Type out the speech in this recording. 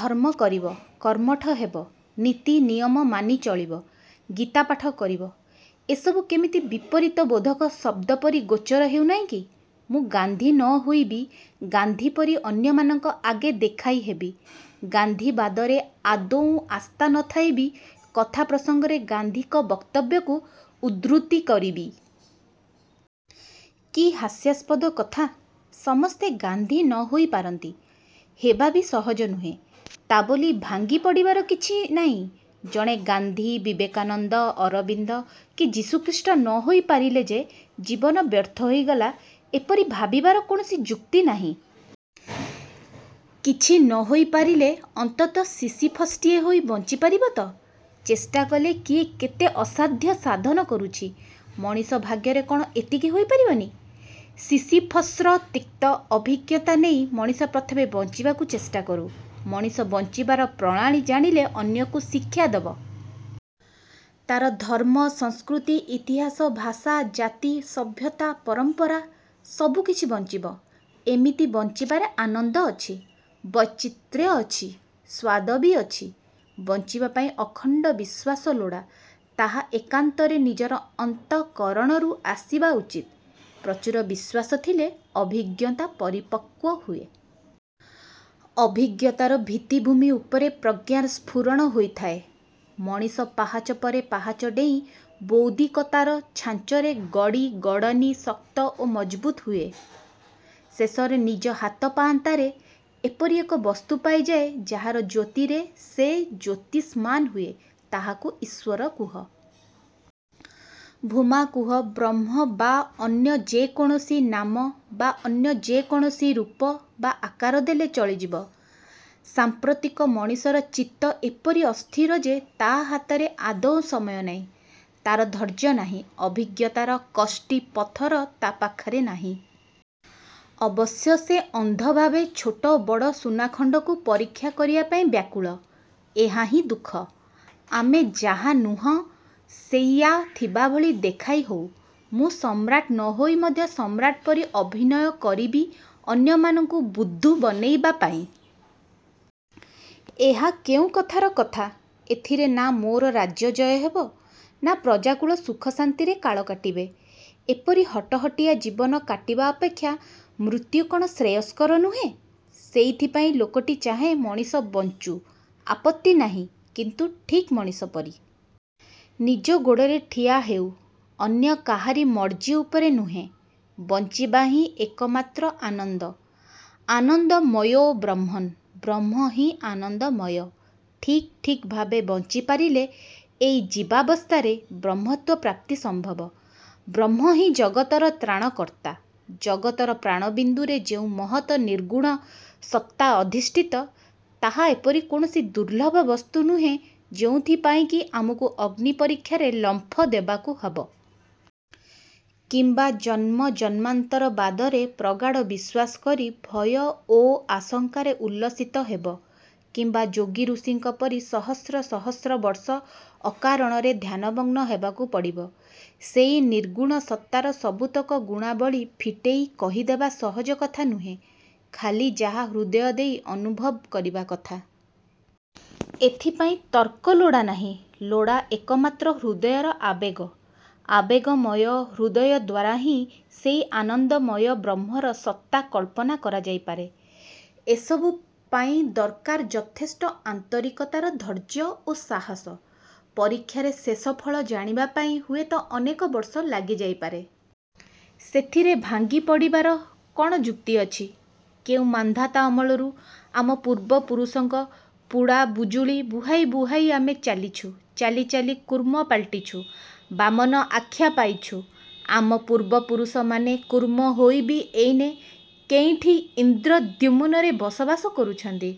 ଧର୍ମ କରିବ। କର୍ମଠ ହେବ। ନୀତିନିୟମ ମାନି ଚଳିବ। ଗୀତା ପାଠ କରିବ। ଏସବୁ କେମିତି ବିପରୀତବୋଧକ ଶବ୍ଦ ପରି ଗୋଚର ହେଉ ନାହିଁକି? ମୁଁ ଗାନ୍ଧୀ ନ ହୋଇବି ଗାନ୍ଧୀ ପରି ଅନ୍ୟମାନଙ୍କ ଆଗେ ଦେଖାଇ ହେବି। ଗାନ୍ଧୀବାଦରେ ଆଦୌ ଆସ୍ଥା ନଥାଇବି କଥା ପ୍ରସଙ୍ଗରେ ଗାନ୍ଧୀଙ୍କ ବକ୍ତବ୍ୟକୁ ଉଦ୍ଧୃତି କରିବି। କି ହାସ୍ୟାସ୍ପଦ କଥା! ସମସ୍ତେ ଗାନ୍ଧୀ ନହୋଇ ପାରନ୍ତି। ହେବା ବି ସହଜ ନୁହେଁ, ତା'ବୋଲି ଭାଙ୍ଗି ପଡ଼ିବାର କିଛି ନାହିଁ। ଜଣେ ଗାନ୍ଧୀ, ବିବେକାନନ୍ଦ, ଅରବିନ୍ଦ କି ଯୀଶୁଖ୍ରୀଷ୍ଟ ନହୋଇ ପାରିଲେ ଯେ ଜୀବନ ବ୍ୟର୍ଥ ହୋଇଗଲା, ଏପରି ଭାବିବାର କୌଣସି ଯୁକ୍ତି ନାହିଁ। କିଛି ନହୋଇ ପାରିଲେ ଅନ୍ତତଃ ସିସିଫସ୍ଟିଏ ହୋଇ ବଞ୍ଚି ପାରିବତ। ଚେଷ୍ଟାକଲେ କିଏ କେତେ ଅସାଧ୍ୟ ସାଧନ କରୁଛି। ମଣିଷ ଭାଗ୍ୟରେ କ'ଣ ଏତିକି ହୋଇ ପାରିବନି? ସିସିଫସ୍ର ତିକ୍ତ ଅଭିଜ୍ଞତା ନେଇ ମଣିଷ ପ୍ରଥମେ ବଞ୍ଚିବାକୁ ଚେଷ୍ଟା କରୁ। ମଣିଷ ବଞ୍ଚିବାର ପ୍ରଣାଳୀ ଜାଣିଲେ ଅନ୍ୟକୁ ଶିକ୍ଷା ଦେବ। ତା'ର ଧର୍ମ, ସଂସ୍କୃତି, ଇତିହାସ, ଭାଷା, ଜାତି, ସଭ୍ୟତା, ପରମ୍ପରା–ସବୁକିଛି ବଞ୍ଚିବ। ଏମିତି ବଞ୍ଚିବାରେ ଆନନ୍ଦ ଅଛି। ବୈଚିତ୍ର୍ୟ ଅଛି। ସ୍ୱାଦ ବି ଅଛି। ବଞ୍ଚିବା ପାଇଁ ଅଖଣ୍ଡ ବିଶ୍ୱାସ ଲୋଡ଼ା। ତାହା ଏକାନ୍ତରେ ନିଜର ଅନ୍ତଃକରଣରୁ ଆସିବା ଉଚିତ। ପ୍ରଚୁର ବିଶ୍ୱାସ ଥିଲେ ଅଭିଜ୍ଞତା ପରିପକ୍ୱ ହୁଏ। ଅଭିଜ୍ଞତାର ଭିତ୍ତିଭୂମି ଉପରେ ପ୍ରଜ୍ଞାର ସ୍ଫୁରଣ ହୋଇଥାଏ। ମଣିଷ ପାହାଚ ପରେ ପାହାଚ ଡେଇଁ ବୌଦ୍ଧିକତାର ଛାଞ୍ଚରେ ଗଡ଼ି ଗଡନି ଶକ୍ତ ଓ ମଜବୁତ୍ ହୁଏ। ଶେଷରେ ନିଜ ହାତ ପାଆନ୍ତାରେ ଏପରି ଏକ ବସ୍ତୁ ପାଇଯାଏ ଯାହାର ଜ୍ୟୋତିରେ ସେ ଜ୍ୟୋତିଷ୍ମାନ ହୁଏ। ତାହାକୁ ଈଶ୍ୱର କୁହ। ଭୂମା କୁହ। ବ୍ରହ୍ମ ବା ଅନ୍ୟ ଯେ କୌଣସି ନାମ ବା ଅନ୍ୟ ଯେ କୌଣସି ରୂପ ବା ଆକାର ଦେଲେ ଚଳିଯିବ। ସାଂପ୍ରତିକ ମଣିଷର ଚିତ୍ତ ଏପରି ଅସ୍ଥିର ଯେ ତାହା ହାତରେ ଆଦୌ ସମୟ ନାହିଁ। ତା'ର ଧୈର୍ଯ୍ୟ ନାହିଁ। ଅଭିଜ୍ଞତାର କଷ୍ଟି ପଥର ତା' ପାଖେ ନାହିଁ। ଅବଶ୍ୟ ସେ ଅନ୍ଧ ଭାବେ ଛୋଟ ବଡ଼ ସୁନା ଖଣ୍ଡକୁ ପରୀକ୍ଷା କରିବା ପାଇଁ ବ୍ୟାକୁଳ। ଏହାହିଁ ଦୁଃଖ। ଆମେ ଯାହା ନୁହଁ, ସେଇଆ ଥିବାଭଳି ଦେଖାଇ ହଉ। ମୁଁ ସମ୍ରାଟ ନ ହୋଇ ମଧ୍ୟ ସମ୍ରାଟ ପରି ଅଭିନୟ କରିବି ଅନ୍ୟମାନଙ୍କୁ ବୁଦ୍ଦୁ ବନେଇବା ପାଇଁ। ଏହା କେଉଁ କଥାର କଥା। ଏଥିରେ ନାଁ ମୋର ରାଜ୍ୟଜୟ ହେବ? ନାଁ ପ୍ରଜାକୁଳ ସୁଖଶାନ୍ତିରେ କାଳ କାଟିବେ? ଏପରି ହଟହଟିଆ ଜୀବନ କାଟିବା ଅପେକ୍ଷା ମୃତ୍ୟୁ କ'ଣ ଶ୍ରେୟସ୍କର ନୁହେଁ? ସେଇଥିପାଇଁ ଲୋକଟି ଚାହେଁ, ମଣିଷ ବଞ୍ଚୁ। ଆପତ୍ତି ନାହିଁ। କିନ୍ତୁ ଠିକ୍ ମଣିଷ ପରି। ନିଜ ଗୋଡ଼ରେ ଠିଆ ହେଉ। ଅନ୍ୟ କାହାରି ମର୍ଜି ଉପରେ ନୁହେଁ। ବଞ୍ଚିବାହିଁ ଏକମାତ୍ର ଆନନ୍ଦ। ଆନନ୍ଦମୟୋ ବ୍ରହ୍ମନ୍। ବ୍ରହ୍ମହିଁ ଆନନ୍ଦମୟ। ଠିକ୍ ଠିକ୍ ଭାବେ ବଞ୍ଚି ପାରିଲେ ଏଇ ଜୀବାବସ୍ଥାରେ ବ୍ରହ୍ମତ୍ୱ ପ୍ରାପ୍ତି ସମ୍ଭବ। ବ୍ରହ୍ମହିଁ ଜଗତର ତ୍ରାଣକର୍ତ୍ତା। ଜଗତର ପ୍ରାଣବିନ୍ଦୁରେ ଯେଉଁ ମହତ୍ ନିର୍ଗୁଣ ସତ୍ତା ଅଧିଷ୍ଠିତ, ତାହା ଏପରି କୌଣସି ଦୁର୍ଲଭ ବସ୍ତୁ ନୁହେଁ ଯେଉଁଥି ପାଇଁ କି ଆମକୁ ଅଗ୍ନିପରୀକ୍ଷାରେ ଲମ୍ଫ ଦେବାକୁ ହେବ। କିମ୍ବା ଜନ୍ମ ଜନ୍ମାନ୍ତର ବାଦରେ ପ୍ରଗାଢ଼ ବିଶ୍ୱାସ କରି ଭୟ ଓ ଆଶଙ୍କାରେ ଉଲ୍ଲସିତ ହେବ, କିମ୍ବା ଯୋଗୀଋଷିଙ୍କ ପରି ସହସ୍ର ସହସ୍ର ବର୍ଷ ଅକାରଣରେ ଧ୍ୟାନମଗ୍ନ ହେବାକୁ ପଡ଼ିବ। ସେଇ ନିର୍ଗୁଣ ସତ୍ତାର ସବୁତକ ଗୁଣାବଳୀ ଫିଟେଇ କହିଦେବା ସହଜ କଥାନୁହେଁ। ଖାଲି ଯାହା ହୃଦୟ ଦେଇ ଅନୁଭବ କରିବା କଥା। ଏଥିପାଇଁ ତର୍କ ଲୋଡ଼ା ନାହିଁ। ଲୋଡ଼ା ଏକମାତ୍ର ହୃଦୟର ଆବେଗ। ଆବେଗମୟ ହୃଦୟଦ୍ୱାରା ହିଁ ସେଇ ଆନନ୍ଦମୟ ବ୍ରହ୍ମର ସତ୍ତା କଳ୍ପନା କରାଯାଇପାରେ। ଏସବୁ ପାଇଁ ଦରକାର ଯଥେଷ୍ଟ ଆନ୍ତରିକତା ଧୈର୍ଯ୍ୟ ଓ ସାହାସ, ପରୀକ୍ଷାର ଶେଷ ଫଳ ଜାଣିବା ପାଇଁ ହୁଏତ ଅନେକ ବର୍ଷ ଲାଗିଯାଇପାରେ। ସେଥିରେ ଭାଙ୍ଗି ପଡ଼ିବାର କ'ଣ ଯୁକ୍ତି ଅଛି। କେଉଁ ମାନ୍ଧାତା ଅମଳରୁ ଆମ ପୂର୍ବପୁରୁଷଙ୍କ ପୁଡ଼ାବୁଜୁଳି ବୁହାଇ ବୁହାଇ ଆମେ ଚାଲିଛୁ। ଚାଲି ଚାଲି କୂର୍ମ ପାଲଟିଛୁ। ବାମନ ଆଖ୍ୟା ପାଇଛୁ। ଆମ ପୂର୍ବପୁରୁଷ ମାନେ କୂର୍ମ ହୋଇ ବି ଏଇନେ କେଇଁଠି ଇନ୍ଦ୍ରଦ୍ୟୁମ୍ନରେ ବସବାସ କରୁଛନ୍ତି।